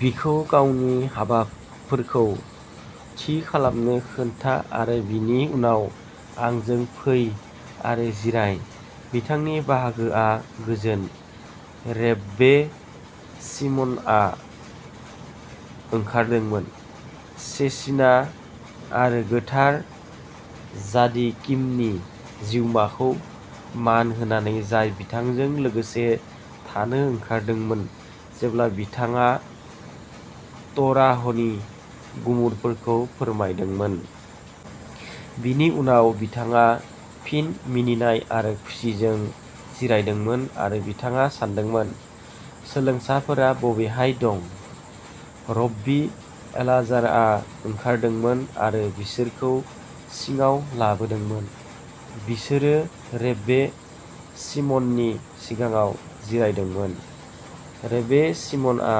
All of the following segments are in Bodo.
बिखौ गावनि हाबाफोरखौ थि खालामनो खोन्था आरो बिनि उनाव आंजों फै आरो जिराय। बिथांनि बाहागोआ गोजोन, रेब्बे शिम'नआ ओंखारदोंमोन शेचिना आरो गोथार जादिकिमनि जिउमाखौ मान होनानै जाय बिथांजों लोगोसे थानो ओंखारदोंमोन जेब्ला बिथाङा तोराहनि गुमुरफोरखौ फोरमायदोंमोन। बिनि उनाव बिथाङा फिन मिनिनाय आरो खुसिजों जिरायदोंमोन आरो बिथाङा सोंदोंमोन, सोलोंसाफोरा बबेहाय दं? रब्बी एलाजारआ ओंखारदोंमोन आरो बिसोरखौ सिङाव लाबोदोंमोन। बिसोरो रेब्बे शिम'ननि सिगाङाव जिरायदोंमोन। रेब्बे शिम'नआ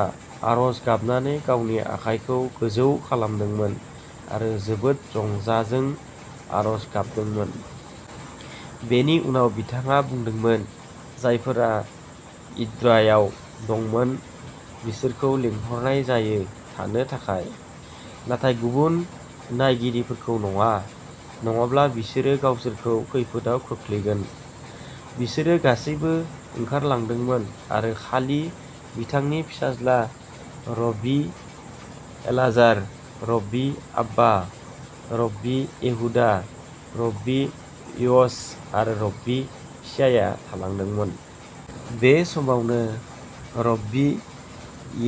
आर'ज गाबनानै गावनि आखाइखौ गोजौ खालामदोंमोन आरो जोबोद जंजाजों आर'ज गाबदोंमोन। बेनि उनाव बिथाङा बुंदोंमोन, जायफोरा इद्रायाव दंमोन बिसोरखौ लिंहरनाय जायो थानो थाखाय, नाथाय गुबुन नायगिरिफोरखौ नङा, नङाब्ला बिसोरो गावसोरखौ खैफोदआव खोख्लैगोन। बिसोरो गासैबो ओंखारलांदोंमोन आरो खालि बिथांनि फिसाज्ला रब्बी एलाजार, रब्बी आब्बा, रब्बी येहुदा, रब्बी य'स आरो रब्बी चियाया थालांदोंमोन। बे समावनो, रब्बी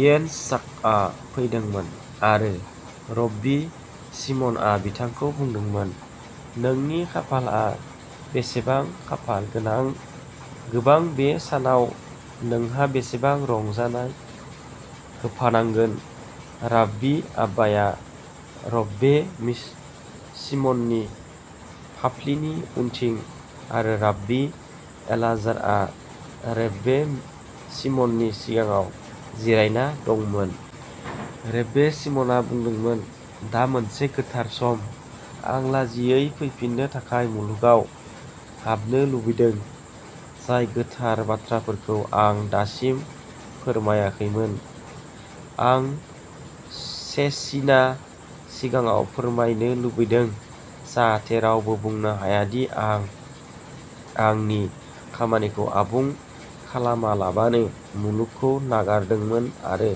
यित्जचाकआ फैदोंमोन, आरो रब्बी शिम'नआ बिथांखौ बुंदोंमोन, नोंनि खाफालआ बेसेबां खाफाल गोनां गोबां बे सानाव नोंहा बेसेबां रंजानाय होफानांगोन राब्बी आब्बाआ रेब्बे शिमननि फाफ्लिनि उनथिं आरो राब्बी एलाजारआ रेब्बे शिमननि सिगाङाव जिरायना दंमोन। रेब्बे शिम'नआ बुंदोंमोन, दा मोनसे गोथार सम। आं लाजियै फैफिननो थाखाय मुलुगाव हाबनो लुबैदों। जाय गोथार बाथ्राफोरखौ आं दासिम फोरमायाखैमोन, आं शेचिना सिगाङाव फोरमायनो लुबैदों, जाहाथे रावबो बुंनो हाया दि आं आंनि खामानिखौ आबुं खालामालाबानो मुलुगखौ नागारदोंमोन आरो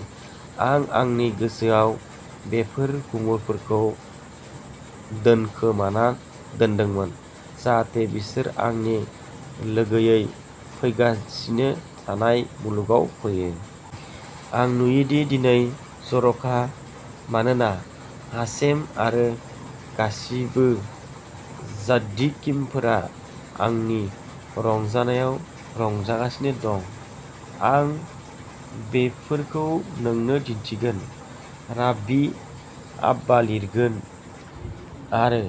आं आंनि गोसोआव बेफोर गुमुरफोरखौ दोनखोमाना दोनदोंमोन, जाहाथे बिसोर आंनि लोगोयै फैगासिनो थानाय मुलुगाव फैयो। आं नुयोदि दिनै जर'खा, मानोना हाशेम आरो गासिबो जाद्दिकिमफोरा आंनि रंजानायाव रंजागासिनो दं। आं बेफोरखौ नोंनो दिन्थिगोन; राब्बी आब्बा लिरगोन, आरो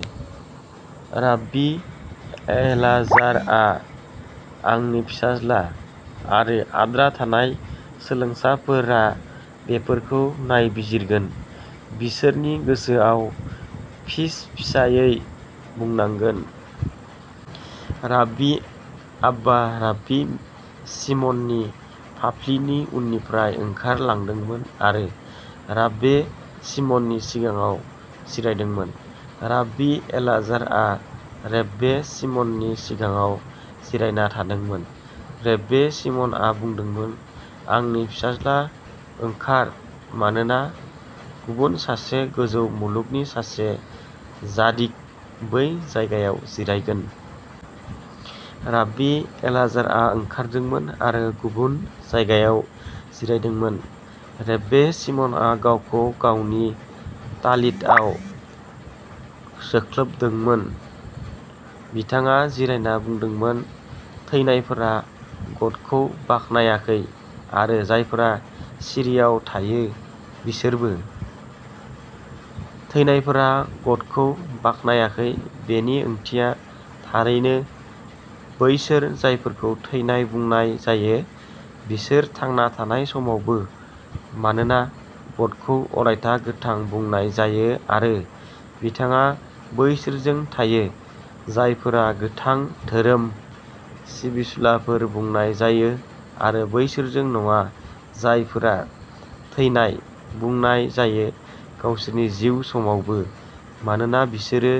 राब्बी एलाजारआ आंनि फिसाज्ला, आरो आद्रा थानाय सोलोंसाफोरा बेफोरखौ नायबिजिरगोन। बिसोरनि गोसोआव फिसफिसायै बुंनांगोन। राब्बी आब्बा राब्बी शिमननि फाफ्लिनि उननिफ्राय ओंखारलांदोंमोन आरो राब्बे शिमननि सिगाङाव जिरायदोंमोन। राब्बी एलाजारआ रेब्बे शिमननि सिगाङाव जिरायना थादोंमोन। रेब्बे शिम'नआ बुंदोंमोन, आंनि फिसाज्ला, ओंखार, मानोना गुबुन सासे गोजौ मुलुगनि सासे जादिक बै जायगायाव जिरायगोन। राब्बी एलाजारआ ओंखारदोंमोन आरो गुबुन जायगायाव जिरायदोंमोन। रेब्बे शिम'नआ गावखौ गावनि तालितआव जोख्लोबदोंमोन। बिथाङा जिरायना बुंदोंमोन थैनायफोरा गदखौ बाख्नायाखै आरो जायफोरा सिरिआव थायो बिसोरबो। थैनायफोरा ग-दखौ बाख्नायाखै बेनि ओंथिया थारैनो बैसोर जायफोरखौ थैनाय बुंनाय जायो बिसोर थांना थानाय समावबो, मानोना ग-दखौ अरायथा गोथां बुंनाय जायो आरो बिथाङा बैसोरजों थायो जायफोरा'गोथां'धोरोम सिबिसुलाफोर बुंनाय जायो आरो बैसोरजों नङा जायफोरा 'थैनाय' बुंनाय जायो गावसोरनि जिउ समावबो, मानोना बिसोरो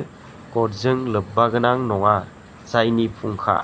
ग-दजों लोब्बागोनां नङा, जायनि फुंखा।